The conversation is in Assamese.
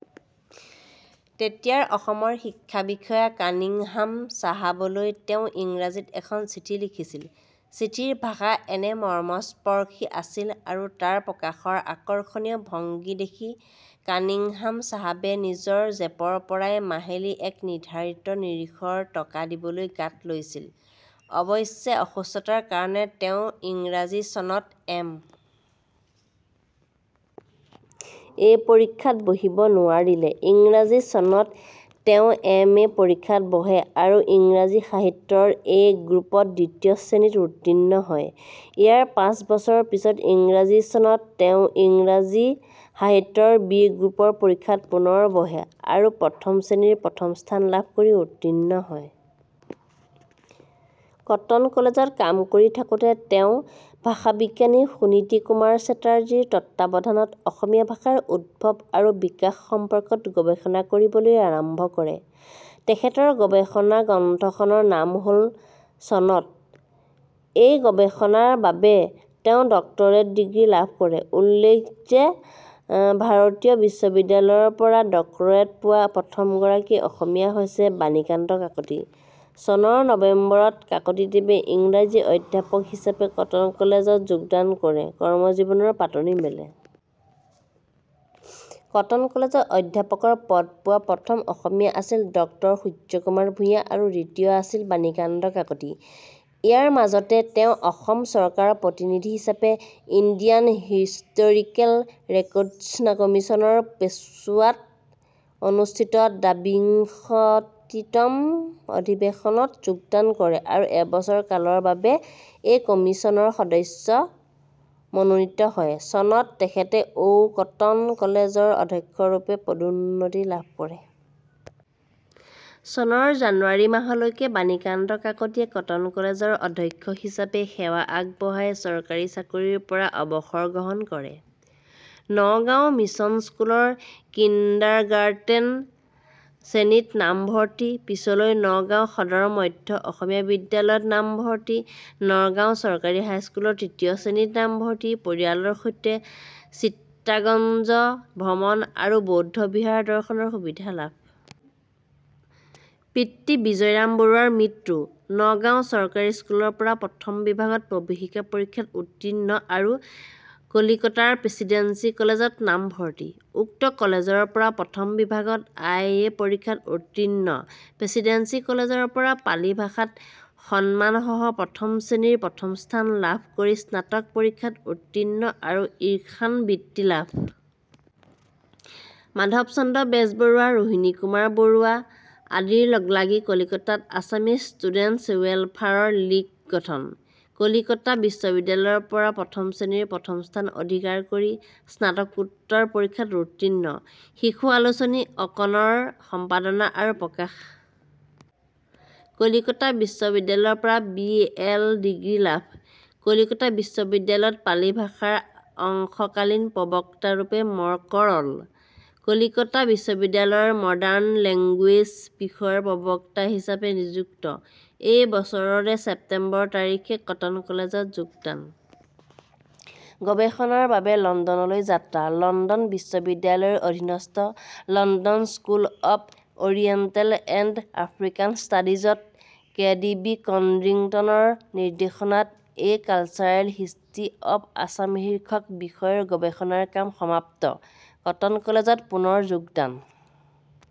তেতিয়াৰ অসমৰ শিক্ষা বিষয়া কানিংহাম চাহাবলৈ তেওঁ ইংৰাজীত এখন চিঠি লিখিছিল৷ চিঠিৰ ভাষা এনে মৰ্মস্পৰ্শী আছিল আৰু তাৰ প্ৰকাশৰ আকৰ্ষণীয় ভংগী দেখি কানিংহাম চাহাবে নিজৰ জেপৰ পৰাই মাহিলী এক নিৰ্ধাৰিত নিৰিখৰ টকা দিবলৈ গাত লৈছিল৷ অৱশ্যে, অসুস্থতাৰ কাৰণে তেওঁ ইংৰাজী চনত এম. এ. পৰীক্ষাত বহিব নোৱাৰিলে। ইংৰাজী চনত তেওঁ এম. এ. পৰীক্ষাত বহে আৰু ইংৰাজী সাহিত্যৰ 'এ' গ্ৰুপত দ্বিতীয় শ্ৰেণীত উত্তীৰ্ণ হয়। ইয়াৰ পাঁচ বছৰ পিছত ইংৰাজী চনত তেওঁ ইংৰাজী সাহিত্যৰ 'বি' গ্ৰুপৰ পৰীক্ষাত পুনৰ বহে আৰু প্ৰথম শ্ৰেণীৰ প্ৰথম স্থান লাভ কৰি উত্তীৰ্ণ হয়। কটন কলেজত কাম কৰি থাকোঁতে তেওঁ ভাষাবিজ্ঞানী সুনীতিকুমাৰ চেটাৰ্জীৰ তত্ত্বাৱধানত অসমীয়া ভাষাৰ উদ্ভৱ আৰু বিকাশ সম্পৰ্কত গৱেষণা কৰিবলৈ আৰম্ভ কৰে৷ তেখেতৰ গৱেষণা গ্ৰন্থখনৰ নাম হ'ল- ':.' চনত এই গৱেষণাৰ বাবে তেওঁ ডক্টৰেট ডিগ্ৰী লাভ কৰে৷ উল্লেখ্য যে ভাৰতীয় বিশ্ববিদ্যালয়ৰপৰা ডক্টৰেট পোৱা প্ৰথমগৰাকী অসমীয়া হৈছে বাণীকান্ত কাকতি৷ চনৰ নবেম্বৰত কাকতিদেৱে ইংৰাজীৰ অধ্যাপক হিচাপে কটন কলেজ ত যোগদান কৰি কৰ্মজীৱনৰ পাতনি মেলে। কটন কলেজত অধ্যাপকৰ পদ পোৱা প্ৰথম অসমীয়া আছিল ড সূৰ্য্যকুমাৰ ভূঞা আৰু দ্বিতীয় আছিল বাণীকান্ত কাকতি৷ ইয়াৰ মাজতে তেওঁ অসম চৰকাৰৰ প্ৰতিনিধি হিচাপে ইণ্ডিয়ান হিষ্টৰিকেল ৰেকৰ্ডছ্ কমিছনৰ পেছোৱাত অনুষ্ঠিত দ্বাবিংশতিতম অধিৱেশনত যোগদান কৰে আৰু এবছৰ কালৰ বাবে এই কমিছনৰ সদস্য মনোনীত হয়৷ চনত তেখেতে ঔ কটন কলেজৰ অধ্যক্ষ ৰূপে পদোন্নতি লাভ কৰে। চনৰ জানুৱাৰী মাহলৈকে বাণীকান্ত কাকতিয়ে কটন কলেজৰ অধ্যক্ষ হিচাপে সেৱা আগবঢ়াই চৰকাৰী চাকৰিৰ পৰা অৱসৰ গ্ৰহণ কৰে।: নগাঁও মিচন স্কুলৰ কিণ্ডাৰগাৰ্টেন শ্ৰেণীত নাম ভৰ্তি, পিচলৈ নগাঁও সদৰ মধ্য অসমীয়া বিদ্যালয়ত নামভৰ্তি: নগাঁও চৰকাৰী হাইস্কুলৰ তৃতীয় শ্ৰেণীত নামভৰ্তি: পৰিয়ালৰ সৈতে চিতাগঞ্জ ভ্ৰমণ আৰু বৌদ্ধ বিহাৰ দৰ্শনৰ সুবিধা লাভ।: পিতৃ বিজয়ৰাম বৰুৱাৰ মৃত্যু।: নগাঁও চৰকাৰী স্কুলৰ পৰা প্ৰথম বিভাগত প্ৰৱেশিকা পৰীক্ষা উৰ্ত্তীণ আৰু কলিকতাৰ প্ৰেচিডেন্সি কলেজত নামভৰ্তি।: উক্ত কলেজৰ পৰা প্ৰথম বিভাগত আই এ পৰীক্ষাত উৰ্ত্তীণ।: প্ৰেচিডেন্সি কলেজৰ পৰা পালি ভাষাত সন্মান সহ প্ৰথম শ্ৰেণীৰ প্ৰথম স্থান লাভ কৰি স্নাতক পৰীক্ষাত উৰ্ত্তীণ আৰু 'ঈশান' বৃত্তি লাভ। মাধৱচন্দ্ৰ বেজবৰুৱা, ৰোহিণীকুমাৰ বৰুৱা আদিৰ লগ লাগি কলিকতাত আছামিজ ষ্টুডেণ্টছ্ ৱেলফেয়াৰ লীগ গঠন।: কলিকতা বিশ্ববিদ্যালয়ৰ পৰা প্ৰথম শ্ৰেণীৰ প্ৰথম স্থান অধিকাৰ কৰি স্নাতকোত্তৰ পৰীক্ষাত উৰ্ত্তীণ।: শিশু আলোচনী 'অকণ'ৰ সম্পাদনা আৰু প্ৰকাশ।: কলিকতা বিশ্ববিদ্যালয়ৰ পৰা বি এল ডিগ্ৰী লাভ।: কলিকতা বিশ্ববিদ্যালয়ত পালি ভাষাৰ অংশকালীন প্ৰবক্তা ৰূপে মকৰল।: কলিকতা বিশ্ববিদ্যালয়ৰ মডাৰ্ণ লেংগুৱেজ বিষয়ৰ প্ৰবক্তা হিচাপে নিযুক্ত। এই বছৰৰে ছেপ্টেম্বৰ তাৰিখে কটন কলেজত যোগদান।: গৱেষণাৰ বাবে লণ্ডনলৈ যাত্ৰা।: লণ্ডন বিশ্ববিদ্যালয়ৰ অধীনস্থ ' London School of Oriental and African Studies 'ত কে ডি বি কড্ৰিংটনৰ নিৰ্দেশনাত a cultural history of Assam শীৰ্ষক বিষয়ৰ গৱেষণাৰ কাম সমাপ্ত। কটন কলেজত পুনৰ যোগদান।